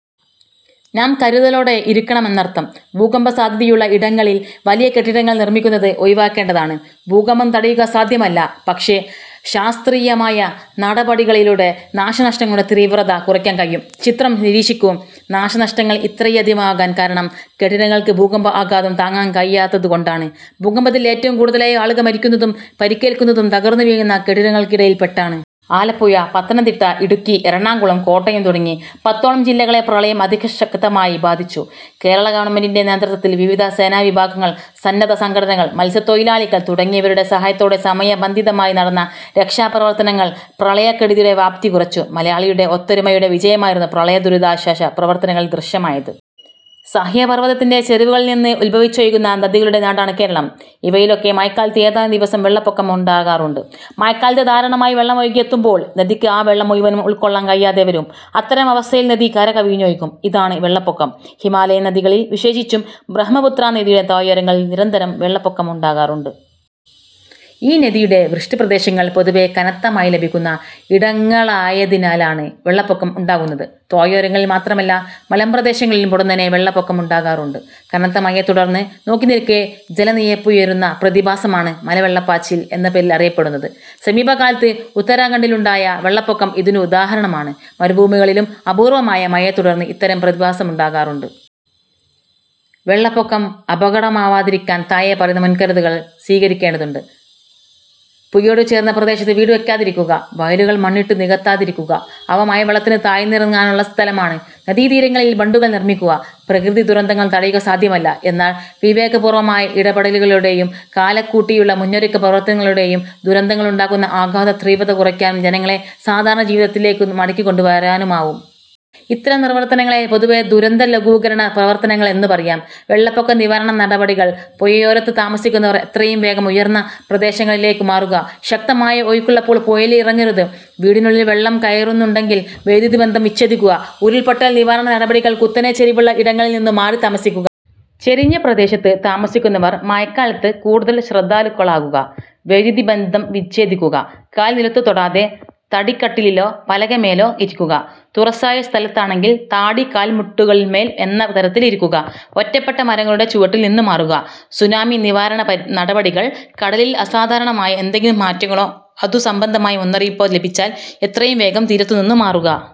നാം കരുതലോടെ ഇരിക്കണമെന്നർഥം. ഭൂകമ്പസാധ്യതയുള്ള ഇടങ്ങളിൽ വലിയ കെട്ടിടങ്ങൾ നിർമിക്കുന്നത് ഒഴിവാക്കേണ്ടതാണ്. ഭൂകമ്പം തടയുക സാധ്യമല്ല. പക്ഷേ, ശാസ്ത്രീയമായ നടപടികളിലൂടെ നാശനഷ്ടങ്ങളുടെ തീവ്രത കുറയ്ക്കാൻ കഴിയും. ചിത്രം നിരീക്ഷിക്കൂ. നാശനഷ്ടങ്ങൾ ഇത്രയധികമാകാൻ കാരണം കെട്ടിടങ്ങൾക്ക് ഭൂകമ്പ ആഘാതം താങ്ങാൻ കഴിയാഞ്ഞതുകൊണ്ടാണ്. ഭൂകമ്പത്തിൽ ഏറ്റവും കൂടുതലായി ആളുകൾ മരിക്കുന്നതും പരിക്കേൽക്കുന്നതും തകർന്നു വീഴുന്ന കെട്ടിടങ്ങൾക്കിടയിൽ പെട്ടാണ്. ആലപ്പുഴ, പത്തനംതിട്ട, ഇടുക്കി, എറണാകുളം, കോട്ടയം തുടങ്ങി പത്തോളം ജില്ലകളെ പ്രളയം അതിശക്തമായി ബാധിച്ചു. കേരളാ ഗവൺമെന്റിന്റെ നേതൃത്വത്തിൽ വിവിധ സേനാ വിഭാഗങ്ങൾ, സന്നദ്ധ സംഘടനകൾ, മത്സ്യത്തൊഴിലാളികൾ തുടങ്ങിയവരുടെ സഹായത്തോടെ സമയ ബന്ധിതമായി നടന്ന രക്ഷാ പ്രവർത്തനങ്ങൾ പ്രളയക്കെടുതിയുടെ വ്യാപ്തി കുറച്ചു. മലയാളിയുടെ ഒത്തൊരുമയുടെ വിജയമായിരുന്നു പ്രളയ ദുരിതാശ്വാസ പ്രവർത്തനങ്ങളിൽ ദൃശ്യമായത്. സഹ്യപർവതത്തിന്റെ ചരിവുകളിൽനിന്ന് ഉദ്ഭവിച്ചൊഴുകുന്ന നദികളുടെ നാടാണ് കേരളം. ഇവയിലൊക്കെ മഴക്കാലത്ത് ഏതാനും ദിവസം വെള്ളപ്പൊക്കമുണ്ടാകാറുണ്ട്. മഴക്കാലത്ത് ധാരാളമായി വെള്ളമൊഴുകിയെത്തുമ്പോൾ നദിക്ക് ആ വെള്ളം മുഴുവനും ഉൾക്കൊള്ളാൻ കഴിയാതെവരും. അത്തരം അവസ്ഥയിൽ നദി കരകവിഞ്ഞൊഴുകും. ഇതാണ് വെള്ളപ്പൊക്കം. ഹിമാലയൻ നദികളിൽ, വിശേഷിച്ചും ബ്രഹ്മപുത്രാ നദിയുടെ താഴ്വാരങ്ങളിൽ നിരന്തരം വെള്ളപ്പൊക്കമുണ്ടാകാറുണ്ട്. ഈ നദിയുടെ വൃഷ്ടി പ്രദേശങ്ങൾ പൊതുവെ കനത്ത മഴ ലഭിക്കുന്ന ഇടങ്ങളായതിനാലാണ് വെള്ളപ്പൊക്കം ഉണ്ടാകുന്നത്. താഴ്വാരങ്ങളിൽ മാത്രമല്ല, മലമ്പ്രദേശങ്ങളിലും പൊടുന്നനെ വെള്ളപ്പൊക്കമുണ്ടാകാറുണ്ട്. കനത്ത മഴയെത്തുടർന്ന് നോക്കിനിൽക്കെ ജലനിരപ്പുയരുന്ന പ്രതിഭാസമാണ് മലവെള്ളപ്പാച്ചിൽ എന്ന പേരിൽ അറിയപ്പെടുന്നത്. സമീപകാലത്ത് ഉത്തരാഖണ്ഡിലുണ്ടായ വെള്ളപ്പൊക്കം ഇതിനുദാഹരണമാണ്. മരുഭൂമികളിലും അപൂർവമായ മഴയെത്തുടർന്ന് ഇത്തരം പ്രതിഭാസമുണ്ടാകാറുണ്ട്. വെള്ളപ്പൊക്കം അപകടമാവാതിരിക്കാൻ താഴെ പറയുന്ന മുൻകരുതലുകൾ സ്വീകരിക്കേണ്ടതുണ്ട്. പുഴയോടുചേർന്ന പ്രദേശത്ത് വീടുവയ്ക്കാതിരിക്കുക. വയലുകൾ മണ്ണിട്ടു നികത്താതിരിക്കുക, അവ മഴവെള്ളത്തിനു താഴ്ന്നിറങ്ങാനുള്ള സ്ഥലമാണ്. നദീതീരങ്ങളിൽ ബണ്ടുകൾ നിർമിക്കുക. പ്രകൃതിദുരന്തങ്ങൾ തടയുക സാധ്യമല്ല. എന്നാൽ വിവേകപൂർവമായ ഇടപെടലുകളിലൂടെയും കാലേക്കൂട്ടിയുള്ള മുന്നൊരുക്ക പ്രവർത്തനങ്ങളിലൂടെയും ദുരന്തങ്ങളുണ്ടാക്കുന്ന ആഘാതതീവ്രത കുറയ്ക്കാനും ജനങ്ങളെ സാധാരണജീവിതത്തിലേക്കു മടക്കിക്കൊണ്ടുവരാനുമാവും. ഇത്തരം പ്രവർത്തനങ്ങളെ പൊതുവേ ദുരന്തലഘൂകരണ പ്രവർത്തനങ്ങൾ എന്നു പറയാം. വെള്ളപ്പൊക്ക നിവാരണ നടപടികൾ: പുഴയോരത്തു താമസിക്കുന്നവർ എത്രയും വേഗം ഉയർന്ന പ്രദേശങ്ങളിലേക്കു മാറുക. ശക്തമായ ഒഴുക്കുള്ളപ്പോൾ പുഴയിൽ ഇറങ്ങരുത്. വീടിനുള്ളിൽ വെള്ളം കയറുന്നുണ്ടെങ്കിൽ വൈദ്യുതിബന്ധം വിച്ഛേദിക്കുക. ഉരുൾപൊട്ടൽ നിവാരണ നടപടികൾ കുത്തനെ ചരിവുള്ള ഇടങ്ങളിൽനിന്നു മാറിത്താമസിക്കുക. ചരിഞ്ഞ പ്രദേത്ത് താമസിക്കുന്നവർ മഴക്കാലത്ത് കൂടുതൽ ശ്രദ്ധാലുക്കളാകുക. വൈദ്യുതിബന്ധം വിച്ഛേദിക്കുക. കാൽ നിലത്തു തൊടാതെ തടിക്കട്ടിലിലോ പലക മേലോ ഇരിക്കുക. തുറസ്സായ സ്ഥലത്താണെങ്കിൽ താടി കാൽമുട്ടുകളിന്മേൽ എന്ന തരത്തിൽ ഇരിക്കുക. ഒറ്റപ്പെട്ട മരങ്ങളുടെ ചുവട്ടിൽ നിന്നു മാറുക. സുനാമി നിവാരണ നടപടികൾ: കടലിൽ അസാധാരണമായ എന്തെങ്കിലും മാറ്റങ്ങളോ അതുസംബന്ധമായ മുന്നറിയിപ്പോ ലഭിച്ചാൽ എത്രയും വേഗം തീരത്തുനിന്നു മാറുക.